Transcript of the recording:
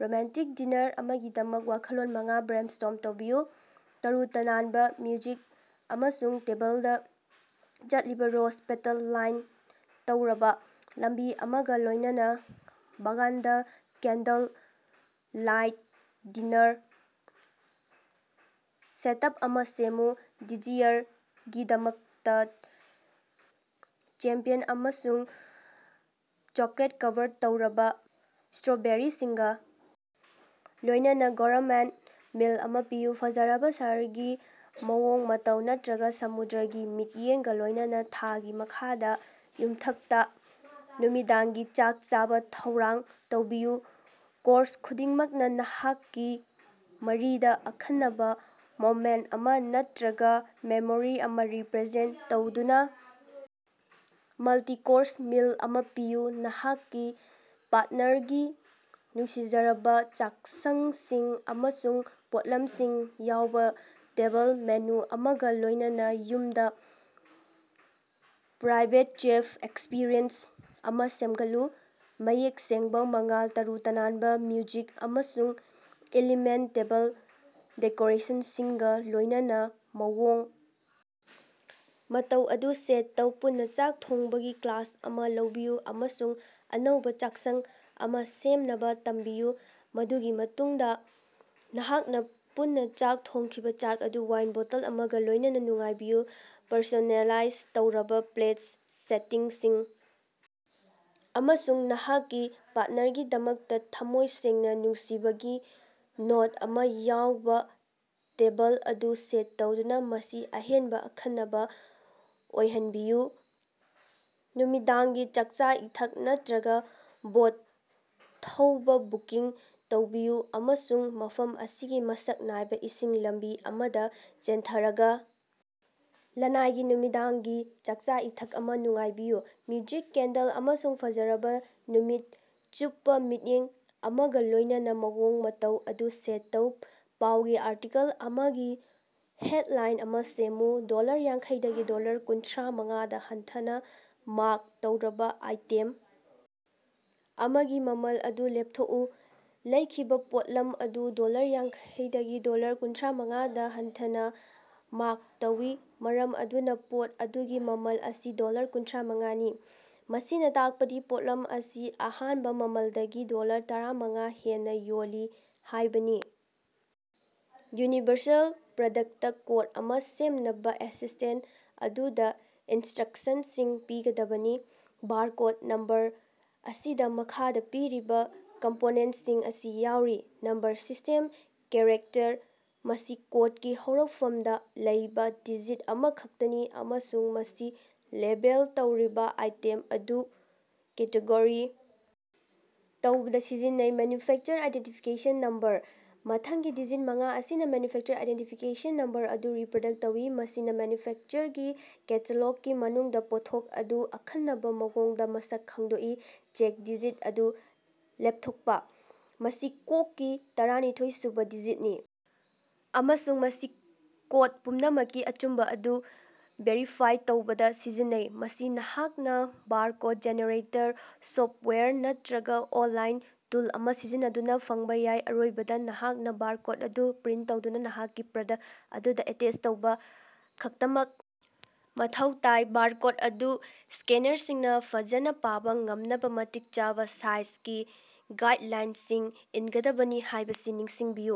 Romantic dinner ꯑꯃꯒꯤꯗꯃꯛ ꯋꯥꯈꯜꯂꯣꯟ ꯃꯉꯥ ꯕ꯭ꯔꯦꯟꯁ꯭ꯇꯣꯔꯝ ꯇꯧꯕꯤꯌꯨ꯫ ꯇꯔꯨ ꯇꯅꯥꯟꯕꯥ ꯃ꯭ꯌꯨꯖꯤꯛ ꯑꯃꯁꯨꯡ ꯇꯦꯕꯜꯗꯥ ꯆꯠꯂꯤꯕꯥ ꯔꯣꯖ-ꯄꯦꯇꯜ ꯂꯥꯏꯟ ꯇꯧꯔꯕꯥ ꯂꯝꯕꯤ ꯑꯃꯒꯥ ꯂꯣꯏꯅꯅꯥ ꯕꯥꯒꯥꯟꯗꯥ ꯀꯦꯟꯗꯜ ꯂꯥꯏꯠ ꯗꯤꯅꯥꯔ ꯁꯦꯠꯑꯞ ꯑꯃꯥ ꯁꯦꯝꯃꯨ꯫ ꯗꯦꯖꯤꯌꯔꯒꯤꯗꯃꯛꯇꯥ ꯆꯦꯝꯄꯤꯌꯟ ꯑꯃꯁꯨꯡ ꯆꯣꯀꯣꯂꯦꯠ ꯀꯚꯔ ꯇꯧꯔꯕꯥ ꯏꯁꯇ꯭ꯔꯣꯕꯦꯔꯤꯁꯤꯡꯒꯥ ꯂꯣꯏꯅꯅꯥ ꯒꯣꯔꯃꯦꯠ ꯃꯤꯜ ꯑꯃꯥ ꯄꯤꯌꯨ꯫ ꯐꯖꯔꯕꯥ ꯁꯍꯔꯒꯤ ꯃꯑꯣꯡ ꯃꯇꯧ ꯅꯠꯇ꯭ꯔꯒꯥ ꯁꯃꯨꯗ꯭ꯔꯒꯤ ꯃꯤꯠꯌꯦꯡꯒꯥ ꯂꯣꯏꯅꯅꯥ ꯊꯥꯒꯤ ꯃꯈꯥꯗꯥ ꯌꯨꯝꯊꯛꯇꯥ ꯅꯨꯃꯤꯗꯥꯡꯒꯤ ꯆꯥꯛ ꯆꯥꯕꯥ ꯊꯧꯔꯥꯡ ꯇꯧꯕꯤꯌꯨ꯫ ꯀꯣꯔꯁ ꯈꯨꯗꯤꯡꯃꯛꯅꯥ ꯅꯍꯥꯛꯀꯤ ꯃꯔꯤꯗꯥ ꯑꯈꯟꯅꯕꯥ ꯃꯣꯃꯦꯟꯇ ꯑꯃꯥ ꯅꯠꯇꯔꯒꯥ ꯃꯦꯃꯣꯔꯤ ꯑꯃꯥ ꯔꯤꯄ꯭ꯔꯖꯦꯟꯇ ꯇꯧꯗꯨꯅꯥ ꯃꯜꯇꯤ-ꯀꯣꯔꯁ ꯃꯤꯜ ꯑꯃꯥ ꯄꯤꯌꯨ꯫ ꯅꯍꯥꯛꯀꯤ ꯄꯥꯔꯠꯅꯔꯒꯤ ꯅꯨꯡꯁꯤꯖꯔꯕꯥ ꯆꯥꯛꯁꯪꯁꯤꯡ ꯑꯃꯁꯨꯡ ꯄꯣꯠꯂꯝꯁꯤꯡ ꯌꯥꯎꯕꯥ ꯇꯦꯜꯂꯔ ꯃꯦꯅꯨ ꯑꯃꯒꯥ ꯂꯣꯏꯅꯅꯥ ꯌꯨꯝꯗꯥ ꯄ꯭ꯔꯥꯏꯕꯦꯠ ꯆꯦꯐ ꯑꯦꯛꯁꯄꯤꯔꯤꯑꯦꯟꯁ ꯑꯃꯥ ꯁꯦꯝꯒꯠꯂꯨ꯫ ꯃꯌꯦꯛ ꯁꯦꯡꯕꯥ ꯃꯉꯥꯜ, ꯇꯔꯨ ꯇꯅꯥꯟꯕꯥ ꯃ꯭ꯌꯨꯖꯤꯛ ꯑꯃꯁꯨꯡ ꯏꯂꯤꯒꯦꯟꯇ ꯇꯦꯕꯜ ꯗꯦꯀꯣꯔꯦꯁꯟꯁꯤꯡꯒꯥ ꯂꯣꯏꯅꯅꯥ ꯃꯑꯣꯡ ꯃꯇꯧ ꯑꯗꯨ ꯁꯦꯠ ꯇꯧ꯫ ꯄꯨꯟꯅꯥ ꯆꯥꯛ ꯊꯣꯡꯕꯒꯤ ꯀ꯭ꯂꯥꯁ ꯑꯃꯥ ꯂꯧꯕꯤꯌꯨ ꯑꯃꯁꯨꯡ ꯑꯅꯧꯕꯥ ꯆꯥꯛꯁꯪ ꯑꯃꯥ ꯁꯦꯝꯅꯕꯥ ꯇꯝꯕꯤꯌꯨ, ꯃꯗꯨꯒꯤ ꯃꯇꯨꯡꯗꯥ ꯅꯍꯥꯛꯅꯥ ꯄꯨꯟꯅꯥ ꯆꯥꯛ ꯊꯣꯡꯈꯤꯕꯥ ꯆꯥꯛ ꯑꯗꯨ ꯋꯥꯏꯟ ꯕꯣꯇꯜ ꯑꯃꯒꯥ ꯂꯣꯏꯅꯅꯥ ꯅꯨꯡꯉꯥꯏꯕꯤꯌꯨ꯫ ꯄꯔꯁꯣꯅꯦꯂꯥꯏꯖ ꯇꯧꯔꯕꯥ ꯄ꯭ꯂꯦꯁ ꯁꯦꯇꯤꯡꯁꯤꯡ ꯑꯃꯁꯨꯡ ꯅꯍꯥꯛꯀꯤ ꯄꯥꯔꯠꯅꯔꯒꯤꯗꯃꯛꯇꯥ ꯊꯝꯃꯣꯏ ꯁꯦꯡꯅꯥ ꯅꯨꯡꯁꯤꯕꯒꯤ ꯅꯣꯠ ꯑꯃꯥ ꯌꯥꯎꯕꯥ ꯇꯦꯕꯜ ꯑꯗꯨ ꯁꯦꯠ ꯇꯧꯗꯨꯅꯥ ꯃꯁꯤ ꯑꯍꯦꯟꯕꯥ ꯑꯈꯟꯅꯕꯥ ꯑꯣꯏꯍꯟꯕꯤꯌꯨ꯫ ꯅꯨꯃꯤꯗꯥꯡꯒꯤ ꯆꯥꯛꯆꯥ-ꯏꯊꯛ ꯅꯠꯇ꯭ꯔꯒꯥ ꯕꯣꯠ ꯊꯧꯕꯥ ꯕꯨꯀꯤꯡ ꯇꯧꯕꯤꯌꯨ ꯑꯃꯁꯨꯡ ꯃꯐꯝ ꯑꯁꯤꯒꯤ ꯃꯁꯛ ꯅꯥꯏꯕꯥ ꯏꯁꯤꯡ ꯂꯝꯕꯤ ꯑꯃꯗꯥ ꯆꯦꯟꯊꯔꯒꯥ ꯂꯅꯥꯏꯒꯤ ꯅꯨꯃꯤꯗꯥꯡꯒꯤ ꯆꯥꯛꯆꯥ-ꯏꯊꯛ ꯑꯃꯥ ꯅꯨꯡꯉꯥꯏꯕꯤꯌꯨ꯫ ꯃ꯭ꯌꯨꯖꯤꯛ, ꯀꯦꯟꯗꯜ ꯑꯃꯁꯨꯡ ꯐꯖꯔꯕꯥ ꯅꯨꯃꯤꯠ ꯆꯨꯞꯄꯥ ꯃꯤꯠꯌꯦꯡ ꯑꯃꯒꯥ ꯂꯣꯏꯅꯅꯥ ꯃꯑꯣꯡ ꯃꯇꯧ ꯑꯗꯨ ꯁꯦꯠ ꯇꯧ꯫ ꯄꯥꯎꯒꯤ ꯑꯥꯔꯇꯤꯀꯜ ꯑꯃꯒꯤ ꯍꯦꯠꯂꯥꯏꯟ ꯑꯃꯥ ꯁꯦꯝꯃꯨ꯫ ꯗꯣꯂꯔ ꯌꯥꯡꯈꯩꯗꯒꯤ ꯗꯣꯂꯔ ꯀꯨꯟꯊ꯭ꯔꯥꯃꯉꯥꯗꯥ ꯍꯟꯊꯅꯥ ꯃꯥꯛ ꯇꯧꯔꯕꯥ ꯑꯥꯏꯇꯦꯝ ꯑꯃꯒꯤ ꯃꯃꯜ ꯑꯗꯨ ꯂꯦꯞꯊꯣꯛꯎ꯫ ꯂꯧꯈꯤꯕꯥ ꯄꯣꯠꯂꯝ ꯑꯗꯨ ꯗꯣꯂꯔ ꯌꯥꯡꯈꯩꯗꯒꯤ ꯗꯣꯂꯔ ꯀꯨꯟꯊ꯭ꯔꯥꯃꯉꯥꯗꯥ ꯍꯟꯊꯅꯥ ꯃꯥꯔꯛ ꯇꯧꯏ, ꯃꯔꯝ ꯑꯗꯨꯅꯥ ꯄꯣꯠ ꯑꯗꯨꯒꯤ ꯃꯃꯜ ꯑꯁꯤ ꯗꯣꯂꯔ ꯀꯨꯟꯊ꯭ꯔꯥꯃꯉꯥꯅꯤ꯫ ꯃꯁꯤꯅꯥ ꯇꯥꯛꯄꯗꯤ ꯄꯣꯠꯂꯝ ꯑꯁꯤ ꯑꯍꯥꯟꯕꯥ ꯃꯃꯜꯗꯒꯤ ꯗꯣꯂꯔ ꯇꯔꯥꯃꯉꯥ ꯍꯦꯟꯅꯥ ꯌꯣꯜꯂꯤ ꯍꯥꯏꯕꯅꯤ꯫ ꯌꯨꯅꯤꯚꯔꯁꯦꯜ ꯄ꯭ꯔꯗꯛꯇ ꯀꯣꯠ ꯑꯃꯥ ꯁꯦꯝꯅꯕꯥ ꯑꯦꯁꯤꯁꯇꯦꯟꯇ ꯑꯗꯨꯗꯥ ꯏꯟꯁꯇ꯭ꯔꯛꯁꯟꯁꯤꯡ ꯄꯤꯒꯗꯕꯅꯤ꯫ ꯕꯥꯔꯀꯣꯠ ꯅꯝꯕꯔ ꯑꯁꯤꯗ ꯃꯈꯥꯗꯥ ꯄꯤꯔꯤꯕꯥ ꯀꯝꯄꯣꯅꯦꯟꯁꯤꯡ ꯑꯁꯤ ꯌꯥꯎꯔꯤ꯫ ꯅꯝꯕꯔ ꯁꯤꯁ꯭ꯇꯦꯝ ꯀꯦꯔꯦꯛꯇꯔ: ꯃꯁꯤ ꯀꯣꯠꯀꯤ ꯍꯧꯔꯛꯐꯝꯗꯥ ꯂꯩꯕꯥ ꯗꯤꯖꯤꯠ ꯑꯃꯈꯛꯇꯅꯤ ꯑꯃꯁꯨꯡ ꯃꯁꯤ ꯂꯦꯕꯦꯜ ꯇꯧꯔꯤꯕꯥ ꯑꯥꯏꯇꯦꯝ ꯑꯗꯨ ꯀꯦꯇꯦꯒꯣꯔꯤ ꯇꯧꯕꯗꯥ ꯁꯤꯖꯤꯟꯅꯩ꯫ ꯃꯦꯟꯅꯨꯐꯦꯛꯆꯔ ꯑꯥꯏꯗꯦꯟꯇꯤꯐꯤꯀꯦꯁꯟ ꯅꯝꯕꯔ: ꯃꯊꯪꯒꯤ ꯗꯤꯖꯤꯠ ꯃꯉꯥ ꯑꯁꯤꯅꯥ ꯃꯦꯟꯅꯨꯐꯦꯛꯆꯔ ꯑꯥꯏꯗꯦꯟꯇꯤꯐꯤꯀꯦꯁꯟ ꯅꯝꯕꯔ ꯑꯗꯨ ꯔꯤꯄ꯭ꯔꯗꯛ ꯇꯧꯏ꯫ ꯃꯁꯤꯅꯥ ꯃꯦꯟꯅꯨꯐꯦꯛꯆꯔꯒꯤ ꯀꯦꯇꯥꯂꯣꯛꯀꯤ ꯃꯅꯨꯡꯗꯥ ꯄꯣꯠꯊꯣꯛ ꯑꯗꯨ ꯑꯈꯟꯅꯕꯥ ꯃꯑꯣꯡꯗꯥ ꯃꯁꯛ ꯈꯪꯗꯣꯛꯏ꯫ ꯆꯦꯛ ꯗꯤꯖꯤꯠ ꯑꯗꯨ ꯂꯦꯞꯊꯣꯛꯄꯥ: ꯃꯁꯤ ꯀꯣꯛꯀꯤ ꯇꯔꯥꯅꯤꯊꯣꯏꯁꯨꯕꯥ ꯗꯤꯖꯤꯠꯅꯤ ꯑꯃꯁꯨꯡ ꯃꯁꯤ ꯀꯣꯠ ꯄꯨꯝꯅꯃꯛꯀꯤ ꯑꯆꯨꯝꯕꯥ ꯑꯗꯨ ꯚꯦꯔꯤꯐꯥꯏ ꯇꯧꯕꯗꯥ ꯁꯤꯖꯤꯟꯅꯩ꯫ ꯃꯁꯤ ꯅꯍꯥꯛꯅꯥ ꯕꯥꯔꯀꯣꯠ ꯖꯦꯅꯦꯔꯦꯇꯔ ꯁꯣꯞꯋꯥꯌꯔ ꯅꯠꯇ꯭ꯔꯒꯥ ꯑꯣꯟꯂꯥꯏꯟ ꯇꯨꯜ ꯑꯃꯥ ꯁꯤꯖꯤꯟꯅꯗꯨꯅꯥ ꯐꯪꯕꯥ ꯌꯥꯏ꯫ ꯑꯔꯣꯏꯕꯗꯥ, ꯅꯍꯥꯛꯅꯥ ꯕꯥꯔꯀꯣꯠ ꯑꯗꯨ ꯄ꯭ꯔꯤꯟ ꯇꯧꯗꯨꯅꯥ ꯅꯍꯥꯛꯀꯤ ꯄ꯭ꯔꯗꯛ ꯑꯗꯨꯗꯥ ꯑꯦꯇꯦꯁ ꯇꯧꯕꯥ ꯈꯛꯇꯃꯛ ꯃꯊꯧ ꯇꯥꯏ꯫ ꯕꯥꯔꯀꯣꯠ ꯑꯗꯨ ꯁ꯭ꯀꯦꯅꯔꯁꯤꯡꯅꯥ ꯐꯖꯅꯥ ꯄꯥꯕꯥ ꯉꯝꯅꯕꯥ ꯃꯇꯤꯛ ꯆꯥꯕꯥ ꯁꯥꯏꯖꯒꯤ ꯒꯥꯏꯠꯂꯥꯏꯟꯁꯤꯡ ꯏꯟꯒꯗꯕꯅꯤ ꯍꯥꯏꯕꯁꯤ ꯅꯤꯡꯁꯤꯡꯕꯤꯌꯨ꯫